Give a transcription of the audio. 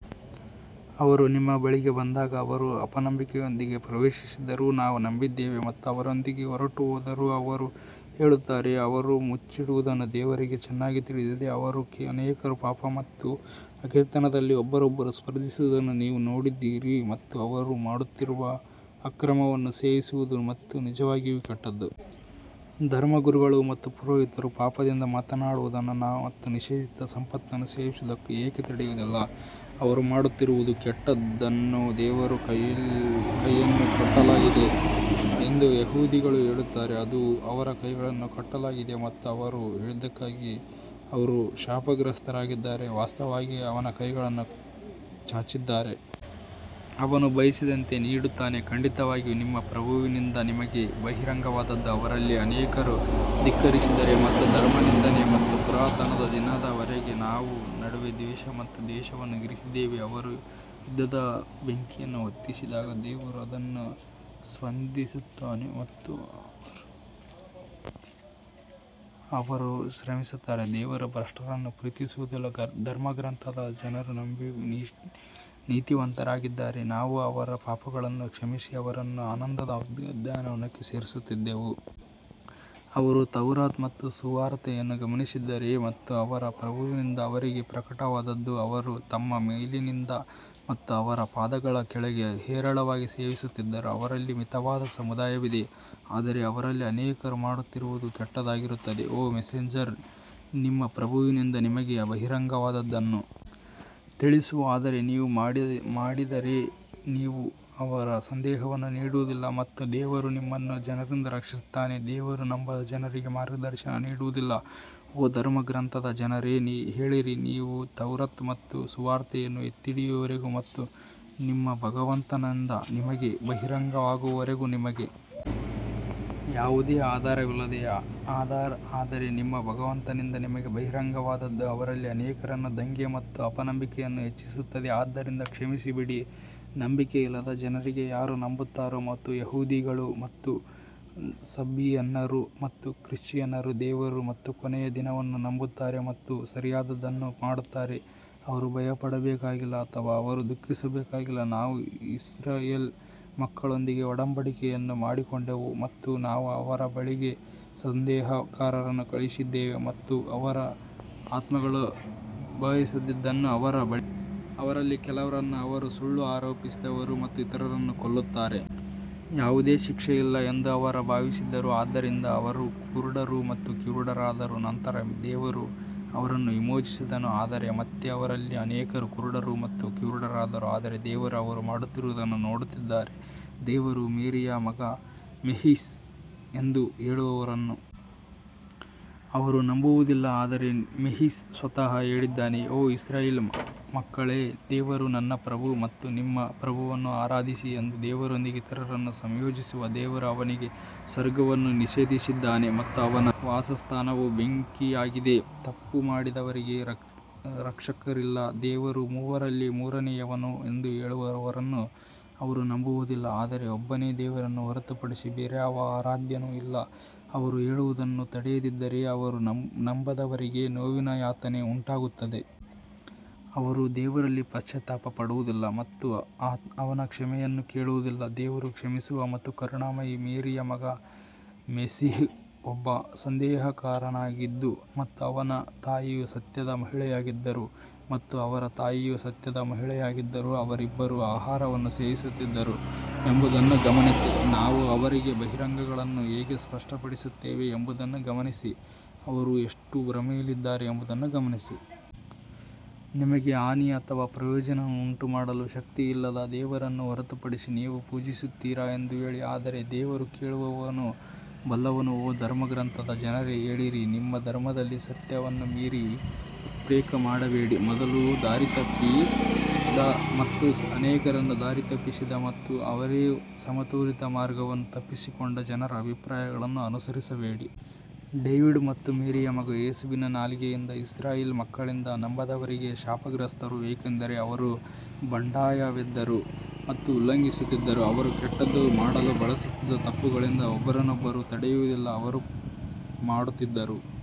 ಅವರು ನಿಮ್ಮ ಬಳಿಗೆ ಬಂದಾಗ ಅವರು ಅಪನಂಬಿಕೆಯೊಂದಿಗೆ ಪ್ರವೇಶಿಸಿದ್ದರೂ ನಾವು ನಂಬಿದ್ದೇವೆ ಮತ್ತು ಅವರು ಅದರೊಂದಿಗೆ ಹೊರಟುಹೋದರು ಎಂದು ಹೇಳುತ್ತಾರೆ ಆದರೆ ಅವರು ಮುಚ್ಚಿಡುವುದನ್ನು ದೇವರಿಗೆ ಚೆನ್ನಾಗಿ ತಿಳಿದಿದೆ. ಅವರಲ್ಲಿ ಅನೇಕರು ಪಾಪ ಮತ್ತು ಹಗೆತನದಲ್ಲಿ ಒಬ್ಬರಿಗೊಬ್ಬರು ಸ್ಪರ್ಧಿಸುವುದನ್ನು ನೀವು ನೋಡುತ್ತೀರಿ ಮತ್ತು ಅವರು ಮಾಡುತ್ತಿರುವ ಅಕ್ರಮವನ್ನು ಸೇವಿಸುವುದು ನಿಜವಾಗಿಯೂ ಕೆಟ್ಟದು. ಧರ್ಮಗುರುಗಳು ಮತ್ತು ಪುರೋಹಿತರು ಪಾಪದಿಂದ ಮಾತನಾಡುವುದನ್ನು ಮತ್ತು ನಿಷೇಧಿತ ಸಂಪತ್ತನ್ನು ಸೇವಿಸುವುದನ್ನು ಏಕೆ ತಡೆಯುವುದಿಲ್ಲ, ಅವರು ಮಾಡುತ್ತಿರುವುದು ಕೆಟ್ಟದ್ದನ್ನು ದೇವರ ಕೈಯನ್ನು ಕಟ್ಟಲಾಗಿದೆ ಎಂದು ಯಹೂದಿಗಳು ಹೇಳುತ್ತಾರೆ, ಅದು ಅವರ ಕೈಗಳನ್ನು ಕಟ್ಟಲಾಗಿದೆ ಮತ್ತು ಅವರು ಹೇಳಿದ್ದಕ್ಕಾಗಿ ಅವರು ಶಾಪಗ್ರಸ್ತರಾಗಿದ್ದಾರೆ ವಾಸ್ತವವಾಗಿ ಅವನ ಕೈಗಳನ್ನು ಚಾಚಿದ್ದಾರೆ ಅವನು ಬಯಸಿದಂತೆ ನೀಡುತ್ತಾನೆ, ಖಂಡಿತವಾಗಿಯೂ ನಿಮ್ಮ ಪ್ರಭುವಿನಿಂದ ನಿಮಗೆ ಬಹಿರಂಗವಾದದ್ದು ಅವರಲ್ಲಿ ಅನೇಕರನ್ನು ಧಿಕ್ಕರಿಸುತ್ತದೆ ಮತ್ತು ಧರ್ಮನಿಂದನೆ ಮತ್ತು ಪುನರುತ್ಥಾನದ ದಿನದವರೆಗೆ ನಾವು ಅವರ ನಡುವೆ ದ್ವೇಷ ಮತ್ತು ದ್ವೇಷವನ್ನು ಇರಿಸಿದ್ದೇವೆ ಅವರು ಯುದ್ಧದ ಬೆಂಕಿಯನ್ನು ಹೊತ್ತಿಸಿದಾಗ ದೇವರು ಅದನ್ನು ನಂದಿಸುತ್ತಾನೆ ಮತ್ತು ಅವರು ಭೂಮಿಯ ಮೇಲೆ ಭ್ರಷ್ಟಾಚಾರವನ್ನು ಹರಡಲು ಶ್ರಮಿಸುತ್ತಾರೆ ದೇವರು ಭ್ರಷ್ಟರನ್ನು ಪ್ರೀತಿಸುವುದಿಲ್ಲ ಧರ್ಮಗ್ರಂಥದ ಜನರು ನಂಬಿ ನೀತಿವಂತರಾಗಿದ್ದರೆ ನಾವು ಅವರ ಪಾಪಗಳನ್ನು ಕ್ಷಮಿಸಿ ಅವರನ್ನು ಆನಂದದ ಉದ್ಯಾನವನಕ್ಕೆ ಸೇರಿಸುತ್ತಿದ್ದೆವು. ಅವರು ತೌರಾತ್ ಮತ್ತು ಸುವಾರ್ತೆಯನ್ನು ಗಮನಿಸಿದ್ದರೆ ಮತ್ತು ಅವರ ಪ್ರಭುವಿನಿಂದ ಅವರಿಗೆ ಪ್ರಕಟವಾದದ್ದನ್ನು ಅವರು ತಮ್ಮ ಮೇಲಿನಿಂದ ಮತ್ತು ಅವರ ಪಾದಗಳ ಕೆಳಗೆ ಹೇರಳವಾಗಿ ಸೇವಿಸುತ್ತಿದ್ದರು ಅವರಲ್ಲಿ ಮಿತವಾದ ಸಮುದಾಯವಿದೆ ಆದರೆ ಅವರಲ್ಲಿ ಅನೇಕರು ಮಾಡುತ್ತಿರುವುದು ಕೆಟ್ಟದ್ದಾಗಿರುತ್ತದೆ. ಓ ಮೆಸೆಂಜರ್, ನಿಮ್ಮ ಪ್ರಭುವಿನಿಂದ ನಿಮಗೆ ಬಹಿರಂಗವಾದದ್ದನ್ನು ತಿಳಿಸು ಆದರೆ ನೀವು ಮಾಡದಿದ್ದರೆ ನೀವು ಅವರ ಸಂದೇಶವನ್ನು ನೀಡುವುದಿಲ್ಲ ಮತ್ತು ದೇವರು ನಿಮ್ಮನ್ನು ಜನರಿಂದ ರಕ್ಷಿಸುತ್ತಾನೆ, ದೇವರು ನಂಬದ ಜನರಿಗೆ ಮಾರ್ಗದರ್ಶನ ನೀಡುವುದಿಲ್ಲ ಓ ಧರ್ಮಗ್ರಂಥದ ಜನರೇ ಹೇಳಿರಿ, ನೀವು ತೌರಾತ್ ಮತ್ತು ಸುವಾರ್ತೆಯನ್ನು ಎತ್ತಿಹಿಡಿಯುವವರೆಗೆ ಮತ್ತು ನಿಮ್ಮ ಭಗವಂತನಿಂದ ನಿಮಗೆ ಬಹಿರಂಗವಾಗುವವರೆಗೆ ನಿಮಗೆ ಯಾವುದೇ ಆಧಾರವಿಲ್ಲ ಆದರೆ ನಿಮ್ಮ ಭಗವಂತನಿಂದ ನಿಮಗೆ ಬಹಿರಂಗವಾದದ್ದು ಅವರಲ್ಲಿ ಅನೇಕರನ್ನು ದಂಗೆ ಮತ್ತು ಅಪನಂಬಿಕೆಯನ್ನು ಹೆಚ್ಚಿಸುತ್ತದೆ ಆದ್ದರಿಂದ ಕ್ಷಮಿಸಬೇಡಿ ನಂಬಿಕೆಯಿಲ್ಲದ ಜನರಿಗೆ ಯಾರು ನಂಬುತ್ತಾರೆ ಮತ್ತು ಯಹೂದಿಗಳು ಮತ್ತು ಸಬಿಯನ್ನರು ಮತ್ತು ಕ್ರಿಶ್ಚಿಯನ್ನರು ದೇವರು ಮತ್ತು ಕೊನೆಯ ದಿನವನ್ನು ನಂಬುತ್ತಾರೆ ಮತ್ತು ಸರಿಯಾದದ್ದನ್ನು ಮಾಡುತ್ತಾರೆ, ಅವರು ಭಯಪಡಬೇಕಾಗಿಲ್ಲ ಅಥವಾ ಅವರು ದುಃಖಿಸಬೇಕಾಗಿಲ್ಲ ನಾವು ಇಸ್ರಾಯೇಲ್ ಮಕ್ಕಳೊಂದಿಗೆ ಒಡಂಬಡಿಕೆಯನ್ನು ಮಾಡಿಕೊಂಡೆವು ಮತ್ತು ನಾವು ಅವರ ಬಳಿಗೆ ಸಂದೇಶವಾಹಕರನ್ನು ಕಳುಹಿಸಿದ್ದೇವೆ ಮತ್ತು ಅವರ ಆತ್ಮಗಳು ಬಯಸದಿದ್ದನ್ನು ಅವರ ಬಳಿಗೆ ಬಂದರೆ, ಅವರಲ್ಲಿ ಕೆಲವರನ್ನು ಅವರು ಸುಳ್ಳು ಆರೋಪಿಸಿದರು ಮತ್ತು ಇತರರನ್ನು ಕೊಲ್ಲುತ್ತಾರೆ. ಯಾವುದೇ ಶಿಕ್ಷೆ ಇಲ್ಲ ಎಂದು ಅವರು ಭಾವಿಸಿದರು ಆದ್ದರಿಂದ ಅವರು ಕುರುಡರು ಮತ್ತು ಕಿವುಡರಾದರು ನಂತರ ದೇವರು ಅವರನ್ನು ವಿಮೋಚಿಸಿದನು ಆದರೆ ಮತ್ತೆ ಅವರಲ್ಲಿ ಅನೇಕರು ಕುರುಡರು ಮತ್ತು ಕಿವುಡರಾದರು ಆದರೆ ದೇವರು ಅವರು ಮಾಡುತ್ತಿರುವುದನ್ನು ನೋಡುತ್ತಿದ್ದಾರೆ ದೇವರು ಮೇರಿಯ ಮಗ ಮೆಸ್ಸಿಹ್ ಎಂದು ಹೇಳುವವರನ್ನು ಅವರು ನಂಬುವುದಿಲ್ಲ ಆದರೆ ಮೆಸ್ಸಿಹ್ ಸ್ವತಃ ಹೇಳಿದ್ದಾನೆ ಓ ಇಸ್ರಾಯೇಲ್ ಮಕ್ಕಳೇ ದೇವರನ್ನು ನನ್ನ ಪ್ರಭು ಮತ್ತು ನಿಮ್ಮ ಪ್ರಭುವನ್ನು ಆರಾಧಿಸಿ ಎಂದು ದೇವರೊಂದಿಗೆ ಇತರರನ್ನು ಸಂಯೋಜಿಸುವ ದೇವರು ಅವನಿಗೆ ಸ್ವರ್ಗವನ್ನು ನಿಷೇಧಿಸಿದ್ದಾನೆ ಮತ್ತು ಅವನ ವಾಸಸ್ಥಾನವು ಬೆಂಕಿಯಾಗಿದೆ ತಪ್ಪು ಮಾಡಿದವರಿಗೆ ರಕ್ಷಕರಿಲ್ಲ ದೇವರು ಮೂವರಲ್ಲಿ ಮೂರನೆಯವನು ಎಂದು ಹೇಳುವವರನ್ನು ಅವರು ನಂಬುವುದಿಲ್ಲ ಆದರೆ ಒಬ್ಬನೇ ದೇವರನ್ನು ಹೊರತುಪಡಿಸಿ ಬೇರಾವ ಆರಾಧ್ಯನೂ ಇಲ್ಲ, ಅವರು ಹೇಳುವುದನ್ನು ತಡೆಯದಿದ್ದರೆ ಅವರಲ್ಲಿ ನಂಬದವರಿಗೆ ನೋವಿನ ಯಾತನೆ ಉಂಟಾಗುತ್ತದೆ. ಅವರು ದೇವರಲ್ಲಿ ಪಶ್ಚಾತ್ತಾಪ ಪಡುವುದಿಲ್ಲ ಮತ್ತು ಅವನ ಕ್ಷಮೆಯನ್ನು ಕೇಳುವುದಿಲ್ಲವೇ ದೇವರು ಕ್ಷಮಿಸುವ ಮತ್ತು ಕರುಣಾಮಯಿ ಮೇರಿಯ ಮಗ ಮೆಸ್ಸಿಹ್ ಒಬ್ಬ ಸಂದೇಶವಾಹಕನಾಗಿದ್ದನು ಮತ್ತು ಅವನ ತಾಯಿಯು ಸತ್ಯದ ಮಹಿಳೆಯಾಗಿದ್ದರು ಮತ್ತು ಅವರ ತಾಯಿಯು ಸತ್ಯದ ಮಹಿಳೆಯಾಗಿದ್ದರು ಅವರಿಬ್ಬರೂ ಆಹಾರವನ್ನು ಸೇವಿಸುತ್ತಿದ್ದರು ಎಂಬುದನ್ನು ಗಮನಿಸಿ ನಾವು ಅವರಿಗೆ ಬಹಿರಂಗಗಳನ್ನು ಹೇಗೆ ಸ್ಪಷ್ಟಪಡಿಸುತ್ತೇವೆ ಎಂಬುದನ್ನು ಗಮನಿಸಿ ಅವರು ಎಷ್ಟು ಭ್ರಮೆಯಲ್ಲಿದ್ದಾರೆ ಎಂಬುದನ್ನು ಗಮನಿಸಿ. ನಿಮಗೆ ಹಾನಿ ಅಥವಾ ಪ್ರಯೋಜನವನ್ನುಂಟುಮಾಡಲು ಶಕ್ತಿಯಿಲ್ಲದ ದೇವರನ್ನು ಹೊರತುಪಡಿಸಿ ನೀವು ಪೂಜಿಸುತ್ತೀರಾ ಎಂದು ಹೇಳಿ ಆದರೆ ದೇವರು ಕೇಳುವವನು ಬಲ್ಲವನು ಓ ಧರ್ಮಗ್ರಂಥದ ಜನರೇ ಹೇಳಿರಿ, ನಿಮ್ಮ ಧರ್ಮದಲ್ಲಿ ಸತ್ಯವನ್ನು ಮೀರಿ ಉತ್ಪ್ರೇಕ್ಷೆ ಮಾಡಬೇಡಿ ಮತ್ತು ಮೊದಲು ದಾರಿತಪ್ಪಿದ ಮತ್ತು ಅನೇಕರನ್ನು ದಾರಿತಪ್ಪಿಸಿದ ಮತ್ತು ಅವರೇ ಸಮತೋಲಿತ ಮಾರ್ಗವನ್ನು ತಪ್ಪಿಸಿಕೊಂಡ ಜನರ ಅಭಿಪ್ರಾಯಗಳನ್ನು ಅನುಸರಿಸಬೇಡಿ. ಡೇವಿಡ್ ಮತ್ತು ಮೇರಿಯ ಮಗ ಯೇಸುವಿನ ನಾಲಿಗೆಯಿಂದ ಇಸ್ರಾಯೇಲ್ ಮಕ್ಕಳಿಂದ ನಂಬದವರಿಗೆ ಶಾಪಗ್ರಸ್ತರು, ಏಕೆಂದರೆ ಅವರು ಬಂಡಾಯವೆದ್ದರು ಮತ್ತು ಉಲ್ಲಂಘಿಸುತ್ತಿದ್ದರು ಅವರು ಕೆಟ್ಟದ್ದನ್ನು ಮಾಡಲು ಬಳಸುತ್ತಿದ್ದ ತಪ್ಪುಗಳಿಂದ ಒಬ್ಬರನ್ನೊಬ್ಬರು ತಡೆಯುವುದಿಲ್ಲ, ಅವರು ಮಾಡುತ್ತಿದ್ದರು.